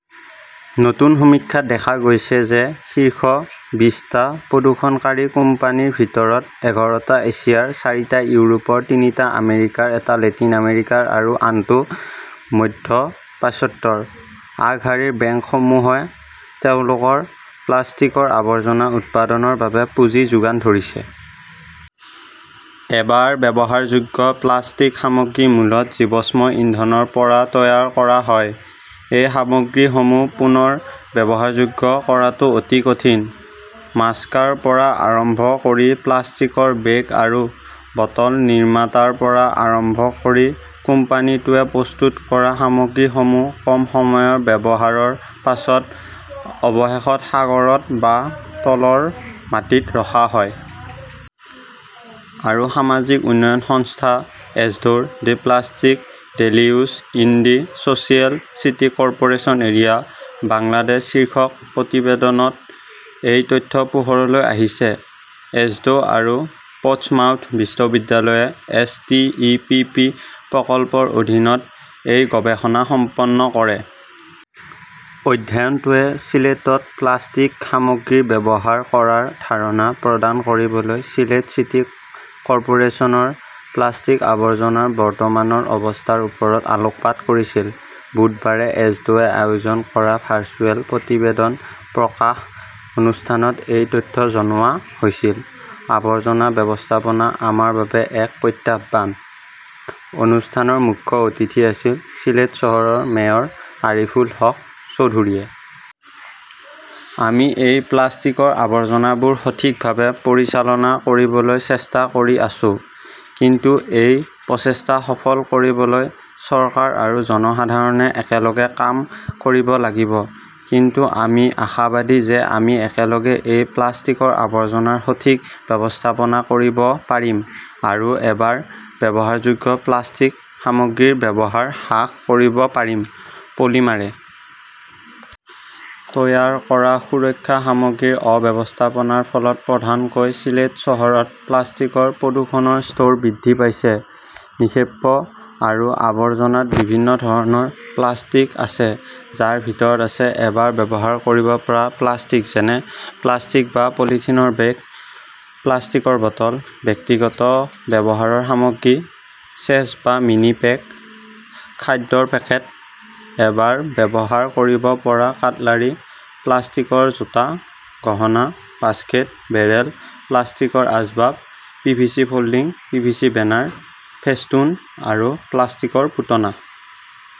নতুন সমীক্ষাত দেখা গৈছে যে শীৰ্ষ বিছটা প্ৰদূষণকাৰী কোম্পানীৰ ভিতৰত এঘাৰ​টা এছিয়াৰ, চাৰিটা ইউৰোপৰ, তিনিটা আমেৰিকাৰ, এটা লেটিন আমেৰিকাৰ আৰু আনটো মধ্য প্ৰাচ্যৰ। আগশাৰীৰ বেংকসমূহে তেওঁলোকৰ প্লাষ্টিকৰ আৱৰ্জনা উৎপাদনৰ বাবে পুঁজি যোগান ধৰিছে। এবাৰ ব্যৱহাৰযোগ্য প্লাষ্টিক সামগ্ৰী মূলত জীৱাশ্ম ইন্ধনৰ পৰা তৈয়াৰ কৰা হয়। এই সামগ্ৰীসমূহ পুনৰ ব্যৱহাৰযোগ্য কৰাটো অতি কঠিন। ম্মাস্কৰ পৰা আৰম্ভ কৰি প্লাষ্টিকৰ বেগ আৰু বটল নিৰ্মাতাৰ পৰা আৰম্ভ কৰি কোম্পানীটোৱে প্ৰস্তুত কৰা সামগ্ৰীসমূহ কম সময়ৰ ব্যৱহাৰৰ পিছত অৱশেষত সাগৰত বা তলৰ মাটিত ৰখা হয়। আৰু সামাজিক উন্নয়ন সংস্থা-এছডোৰ, the plastic deluge in the Sylhet city corporation area, Bangladesh শীৰ্ষক প্ৰতিবেদনত এই তথ্য পোহৰলৈ আহিছে। এছডো আৰু প'ৰ্টসমাউথ বিশ্ববিদ্যালয়ে S. T. E. P. P. প্ৰকল্পৰ অধীনত এই গৱেষণা সম্পন্ন কৰে। অধ্যয়নটোৱে চিলেটত প্লাষ্টিক সামগ্ৰী ব্যৱহাৰ কৰাৰ ধাৰণা প্ৰদান কৰিবলৈ চিলেট চিটি কৰ্পোৰেচনৰ প্লাষ্টিক আৱৰ্জনাৰ বৰ্তমানৰ অৱস্থাৰ ওপৰত আলোকপাত কৰিছিল। বুধবাৰে এছডোৱে আয়োজন কৰা ভাৰ্চুৱেল প্ৰতিবেদন প্ৰকাশ অনুষ্ঠানত এই তথ্য জনোৱা হৈছিল। "আৱৰ্জনা ব্যৱস্থাপনা আমাৰ বাবে এক প্ৰত্যাহ্বান", অনুষ্ঠানৰ মুখ্য অতিথি আছিল চিলেট চহৰৰ মেয়ৰ আৰিফুল হক চৌধুৰীয়ে। আমি এই প্লাষ্টিকৰ আৱৰ্জনাবোৰ সঠিকভাৱে পৰিচালনা কৰিবলৈ চেষ্টা কৰি আছো। কিন্তু এই প্ৰচেষ্টা সফল কৰিবলৈ চৰকাৰ আৰু জনসাধাৰণে একেলগে কাম কৰিব লাগিব। কিন্তু আমি আশাবাদী যে আমি একেলগে এই প্লাষ্টিকৰ আৱৰ্জনাৰ সঠিক ব্যৱস্থাপনা কৰিব পাৰিম আৰু এবাৰ ব্যৱহাৰযোগ্য প্লাষ্টিক সামগ্ৰীৰ ব্যৱহাৰ হ্ৰাস কৰিব পাৰিম। পলিমাৰে তৈয়াৰ কৰা সুৰক্ষা সামগ্ৰীৰ অব্যৱস্থাপনাৰ ফলত প্ৰধানকৈ চিলেট চহৰত প্লাষ্টিকৰ প্ৰদূষণৰ স্তৰ বৃদ্ধি পাইছে। নিক্ষেপ কৰা আৱৰ্জনাত বিভিন্ন ধৰণৰ প্লাষ্টিক আছে, যাৰ ভিতৰত আছে এবাৰ ব্যৱহাৰ কৰিব পৰা প্লাষ্টিক যেনে প্লাষ্টিক বা পলিথিনৰ বেগ, প্লাষ্টিকৰ বটল, ব্যক্তিগত ব্যৱহাৰৰ সামগ্ৰী, চেচ বা মিনি পেক, খাদ্যৰ পেকেট, এবাৰ ব্যৱহাৰ কৰিব পৰা কাটলাৰী, প্লাষ্টিকৰ জোতা, গহনা, বাস্কেট, বেৰেল, প্লাষ্টিকৰ আচবাব, PVC fitting, PVC banner, festoon আৰু প্লাষ্টিকৰ পুতলা।